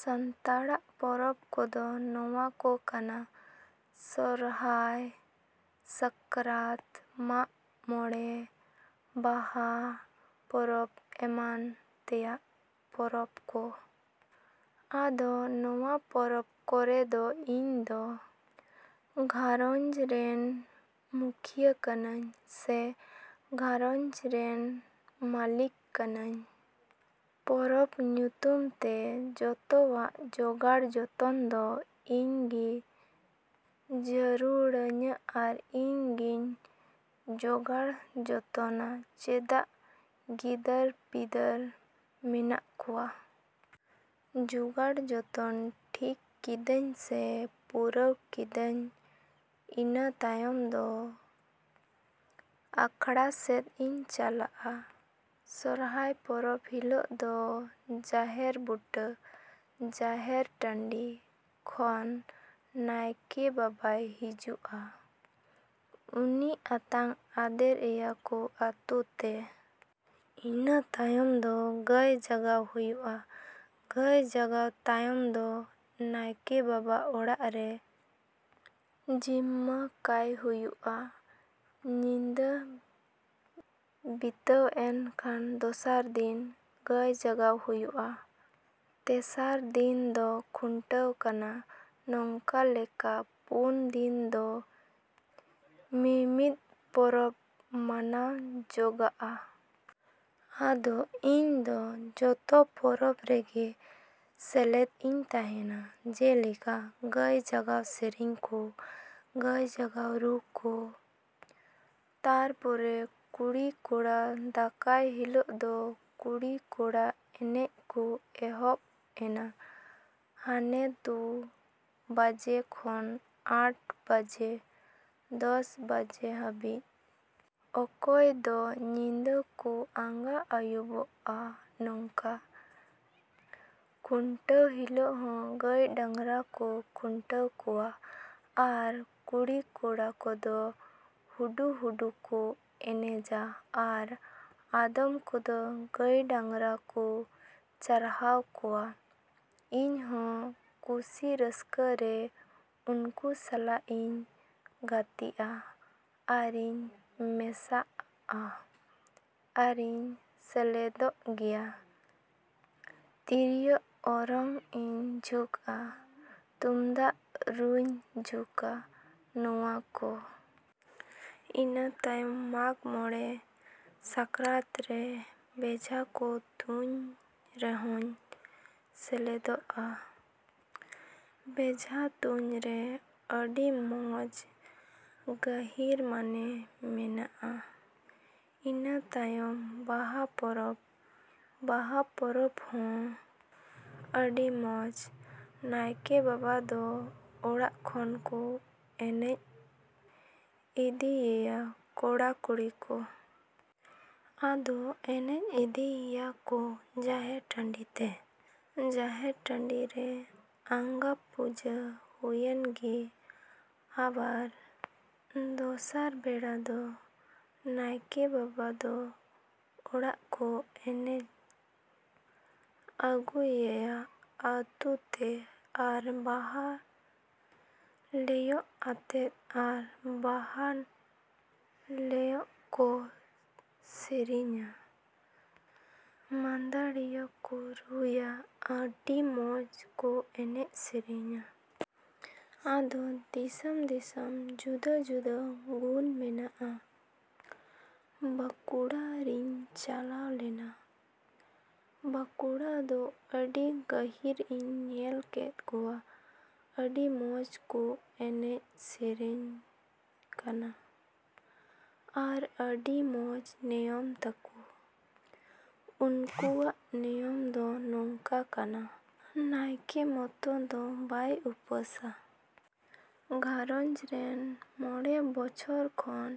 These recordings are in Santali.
‎ᱥᱟᱱᱛᱟᱲᱟᱜ ᱯᱚᱨᱚᱵᱽ ᱠᱚᱫᱚ ᱱᱚᱶᱟ ᱠᱚ ᱠᱟᱱᱟ ᱥᱚᱨᱦᱟᱭ, ᱥᱟᱠᱨᱟᱛ, ᱢᱟᱜ ᱢᱚᱲᱮ, ᱵᱟᱦᱟ, ᱯᱚᱨᱚᱵᱽ ᱮᱢᱟᱱ ᱛᱮᱭᱟᱜ ᱯᱚᱨᱚᱵᱽ ᱠᱚ᱾ ᱟᱫᱚ ᱱᱚᱶᱟ ᱯᱚᱨᱚᱵᱽ ᱠᱚᱨᱮ ᱫᱚ ᱤᱧ ᱫᱚ ᱜᱷᱟᱸᱨᱚᱧᱡᱽ ᱨᱮᱱ ᱢᱩᱠᱷᱤᱭᱟᱹ ᱠᱟᱹᱱᱟᱹᱧ ᱥᱮ ᱜᱷᱟᱸᱨᱚᱧᱡᱽ ᱨᱮᱱ ᱢᱟᱹᱞᱤᱠ ᱠᱟᱹᱱᱟᱹᱧ᱾ ᱯᱚᱨᱚᱵᱽ ᱧᱩᱛᱩᱢ ᱛᱮ ᱡᱚᱛᱚᱣᱟᱜ ᱡᱚᱜᱟᱲ ᱡᱚᱛᱚᱱ ᱫᱚ ᱤᱧ ᱜᱮ ᱡᱟᱹᱨᱩᱲᱟᱹᱧᱟ ᱟᱨ ᱤᱧ ᱜᱤᱧ ᱡᱚᱜᱟᱲ ᱡᱚᱛᱚᱱᱟ ᱪᱮᱫᱟᱜ ᱜᱤᱫᱟᱹᱨ ᱯᱤᱫᱟᱹᱨ ᱢᱮᱱᱟᱜ ᱠᱚᱣᱟ᱾ ᱡᱚᱜᱟᱲ ᱡᱚᱛᱚᱱ ᱴᱷᱤᱠ ᱠᱤᱫᱟᱹᱧ ᱥᱮ ᱯᱩᱨᱟᱹᱣ ᱠᱮᱫᱟᱹᱧ ᱤᱱᱟᱹ ᱛᱟᱭᱚᱢ ᱫᱚ ᱟᱠᱷᱲᱟ ᱥᱮᱫ ᱤᱧ ᱪᱟᱞᱟᱜᱼᱟ᱾ ᱥᱚᱨᱦᱟᱭ ᱯᱚᱨᱚᱵᱽ ᱦᱤᱞᱳᱜ ᱫᱚ ᱡᱟᱦᱮᱨ ᱵᱩᱴᱟᱹ, ᱡᱟᱦᱮᱨ ᱴᱟᱺᱰᱤ ᱠᱷᱚᱱ ᱱᱟᱭᱠᱮ ᱵᱟᱵᱟᱭ ᱦᱤᱡᱩᱜᱼᱟ᱾ ᱩᱱᱤ ᱟᱛᱟᱝ ᱟᱫᱮᱨ ᱮᱭᱟ ᱠᱚ ᱟᱹᱛᱩ ᱛᱮ᱾ ᱤᱱᱟᱹ ᱛᱟᱭᱚᱢ ᱫᱚ ᱜᱟᱹᱭ ᱡᱟᱜᱟᱣ ᱦᱩᱭᱩᱜᱼᱟ᱾ ᱜᱟᱹᱭ ᱡᱟᱜᱟᱣ ᱛᱟᱭᱚᱢ ᱫᱚ ᱱᱟᱭᱠᱮ ᱵᱟᱵᱟ ᱚᱲᱟᱜ ᱨᱮ ᱡᱤᱢᱢᱟᱹ ᱠᱟᱭ ᱦᱩᱭᱩᱜᱼᱟ᱾ ᱧᱤᱫᱟᱹ ᱵᱤᱛᱟᱹᱣ ᱮᱱ ᱠᱷᱟᱱ ᱫᱚᱥᱟᱨ ᱫᱤᱱ ᱜᱟᱹᱭ ᱡᱟᱜᱟᱣ ᱦᱩᱭᱩᱜᱼᱟ᱾ ᱛᱮᱥᱟᱨ ᱫᱤᱱ ᱫᱚ ᱠᱷᱩᱱᱴᱟᱹᱣ ᱠᱟᱱᱟ᱾ ᱱᱚᱝᱠᱟ ᱞᱮᱠᱟ ᱯᱩᱱ ᱫᱤᱱ ᱫᱚ ᱢᱤᱢᱤᱫ ᱯᱚᱨᱚᱵᱽ ᱢᱟᱱᱟᱣ ᱡᱚᱜᱟᱜᱼᱟ᱾ ᱟᱫᱚ ᱤᱧ ᱫᱚ ᱡᱚᱛᱚ ᱯᱚᱨᱚᱵᱽ ᱨᱮᱜᱮ ᱥᱮᱞᱮᱫ ᱤᱧ ᱛᱟᱦᱮᱸᱱᱟ ᱡᱮᱞᱮᱠᱟ, ᱜᱟᱹᱭ ᱡᱟᱜᱟᱣ ᱥᱮᱨᱮᱧ ᱠᱚ, ᱜᱟᱹᱭ ᱡᱟᱜᱟᱣ ᱨᱩ ᱠᱚ, ᱛᱟᱨᱯᱚᱨᱮ ᱠᱩᱲᱤ ᱠᱚᱲᱟ ᱫᱟᱠᱟᱭ ᱦᱤᱞᱳᱜ ᱫᱚ ᱠᱩᱲᱤ ᱠᱚᱲᱟ ᱮᱱᱮᱡ ᱠᱚ ᱮᱦᱚᱵᱽ ᱮᱱᱟ ᱦᱟᱱᱮ ᱫᱩ ᱵᱟᱡᱮ ᱠᱷᱚᱱ ᱟᱴ ᱵᱟᱡᱮ, ᱫᱚᱥ ᱵᱟᱡᱮ ᱦᱟᱹᱵᱤᱡ᱾ ᱚᱠᱚᱭ ᱫᱚ ᱧᱤᱫᱟᱹ ᱠᱚ ᱟᱸᱜᱟ ᱟᱹᱭᱩᱵᱚᱜᱼᱟ ᱱᱚᱝᱠᱟ᱾ ᱠᱷᱩᱱᱴᱟᱹᱣ ᱦᱤᱞᱳᱜ ᱦᱚᱸ ᱜᱟᱹᱭ ᱰᱟᱝᱨᱟ ᱠᱚ ᱠᱷᱩᱱᱴᱟᱹᱣ ᱠᱚᱣᱟ ᱟᱨ ᱠᱩᱲᱤ ᱠᱚᱲᱟ ᱠᱚᱫᱚ ᱦᱩᱰᱩ ᱦᱩᱰᱩ ᱠᱚ ᱮᱱᱮᱡᱟ ᱟᱨ ᱟᱫᱚᱢ ᱠᱚᱫᱚ ᱜᱟᱹᱭ ᱰᱟᱝᱨᱟ ᱠᱚ ᱪᱟᱨᱦᱟᱣ ᱠᱚᱣᱟ᱾ ᱤᱧᱦᱚᱸ ᱠᱩᱥᱤ ᱨᱟᱹᱥᱠᱟᱹ ᱨᱮ ᱩᱱᱠᱩ ᱥᱟᱞᱟᱜ ᱤᱧ ᱜᱟᱛᱮᱜᱼᱟ ᱟᱨᱤᱧ ᱢᱮᱥᱟᱜᱼᱟ ᱟᱨᱤᱧ ᱥᱮᱞᱮᱫᱚᱜ ᱜᱮᱭᱟ, ᱛᱤᱨᱤᱭᱳ ᱚᱨᱚᱝ ᱤᱧ ᱡᱷᱩᱠᱼᱟ, ᱛᱩᱢᱫᱟᱜ ᱨᱩᱧ ᱡᱷᱩᱠᱼᱟ ᱱᱚᱶᱟ ᱠᱚ᱾ ᱤᱱᱟᱹ ᱛᱟᱭᱚᱢ ᱢᱟᱜᱽ ᱢᱚᱬᱮ᱾ ᱥᱟᱠᱨᱟᱛ ᱨᱮ ᱵᱮᱡᱷᱟ ᱠᱚ ᱛᱩᱧ ᱨᱮᱦᱚᱸᱧ ᱥᱮᱞᱮᱫᱚᱜᱼᱟ᱾ ᱵᱮᱡᱷᱟ ᱛᱩᱧᱨᱮ ᱟᱹᱰᱤ ᱢᱚᱸᱡᱽ ᱜᱟᱹᱦᱤᱨ ᱢᱟᱱᱮ ᱢᱮᱱᱟᱜᱼᱟ᱾ ᱤᱱᱟᱹ ᱛᱟᱭᱚᱢ ᱵᱟᱦᱟ ᱯᱚᱨᱚᱵᱽ᱾ ᱵᱟᱦᱟ ᱯᱚᱨᱚᱵᱽ ᱦᱚᱸ ᱟᱹᱰᱤ ᱢᱚᱸᱡᱽ᱾ ᱱᱟᱭᱠᱮ ᱵᱟᱵᱟ ᱫᱚ ᱚᱲᱟᱜ ᱠᱷᱚᱱ ᱠᱚ ᱮᱱᱮᱡ ᱤᱫᱤᱭᱮᱭᱟ ᱠᱚᱲᱟ ᱠᱩᱲᱤ ᱠᱚ᱾ ᱟᱫᱚ ᱮᱱᱮᱡ ᱤᱫᱤᱭᱮᱭᱟ ᱠᱚ ᱡᱟᱦᱮᱨ ᱴᱟᱺᱰᱤᱛᱮ᱾ ᱡᱟᱦᱮᱨ ᱴᱟᱺᱰᱤ ᱨᱮ ᱟᱸᱜᱟ ᱯᱩᱡᱟᱹ ᱦᱩᱭᱮᱱ ᱜᱮ ᱟᱵᱟᱨ ᱫᱚᱥᱟᱨ ᱵᱮᱲᱟ ᱫᱚ ᱱᱟᱭᱠᱮ ᱵᱟᱵᱟ ᱫᱚ ᱚᱲᱟᱜ ᱠᱚ ᱮᱱᱮᱡ ᱟᱹᱜᱩᱭᱮᱭᱟ ᱟᱹᱛᱩᱛᱮ ᱟᱨ ᱵᱟᱦᱟ ᱞᱮᱭᱚᱝ ᱟᱛᱮᱫ ᱟᱨ ᱵᱟᱦᱟ ᱞᱮᱭᱚᱝ ᱠᱚ ᱥᱮᱹᱨᱮᱹᱧᱟ, ᱢᱟᱹᱫᱟᱹᱲᱤᱭᱟᱹ ᱠᱚ ᱨᱩᱭᱟ, ᱟᱹᱰᱤ ᱢᱚᱸᱡᱽ ᱠᱚ ᱮᱱᱮᱡ ᱥᱮᱨᱮᱧᱟ᱾ ᱟᱫᱚ ᱫᱤᱥᱚᱢ ᱫᱤᱥᱚᱢ ᱡᱩᱫᱟᱹ ᱡᱩᱫᱟᱹ ᱜᱩᱱ ᱢᱮᱱᱟᱜᱼᱟ᱾ ᱵᱟᱸᱠᱩᱲᱟ ᱨᱤᱧ ᱪᱟᱞᱟᱣ ᱞᱮᱱᱟ᱾ ᱵᱟᱸᱠᱩᱲᱟ ᱫᱚ ᱟᱹᱰᱤ ᱜᱟᱹᱦᱤᱨ ᱤᱧ ᱧᱮᱞ ᱠᱮᱫ ᱠᱚᱣᱟ᱾ ᱟᱹᱰᱤ ᱢᱚᱸᱡᱽ ᱠᱚ ᱮᱱᱮᱡ ᱥᱮᱹᱨᱮᱹᱧ ᱠᱟᱱᱟ ᱟᱨ ᱟᱹᱰᱤ ᱢᱚᱸᱡᱽ ᱱᱤᱭᱚᱢ ᱛᱟᱠᱚ᱾ ᱩᱱᱠᱩᱣᱟᱜ ᱱᱤᱭᱚᱢ ᱫᱚ ᱱᱚᱝᱠᱟ ᱠᱟᱱᱟ ᱱᱟᱭᱠᱮ ᱢᱚᱛᱚ ᱫᱚ ᱵᱟᱭ ᱩᱯᱟᱹᱥᱟ᱾ ᱜᱷᱟᱸᱨᱚᱧᱡᱽ ᱨᱮᱱ ᱢᱚᱬᱮ ᱵᱚᱪᱷᱚᱨ ᱠᱷᱚᱱ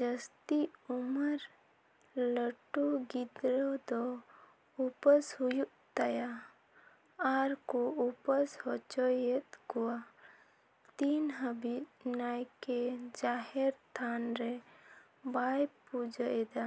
ᱡᱟᱹᱥᱛᱤ ᱩᱢᱟᱹᱨ ᱞᱟᱹᱴᱩ ᱜᱤᱫᱽᱨᱟᱹ ᱫᱚ ᱩᱯᱟᱹᱥ ᱦᱩᱭᱩᱜ ᱛᱟᱭᱟ ᱟᱨ ᱠᱚ ᱩᱯᱟᱹᱥ ᱦᱚᱪᱚᱭᱮᱫ ᱠᱚᱣᱟ᱾ ᱛᱤᱱ ᱦᱟᱹᱵᱤᱡ ᱱᱟᱭᱠᱮ ᱡᱟᱦᱮᱨ ᱛᱷᱟᱱᱨᱮ ᱵᱟᱭ ᱯᱩᱡᱟᱹ ᱮᱫᱟ᱾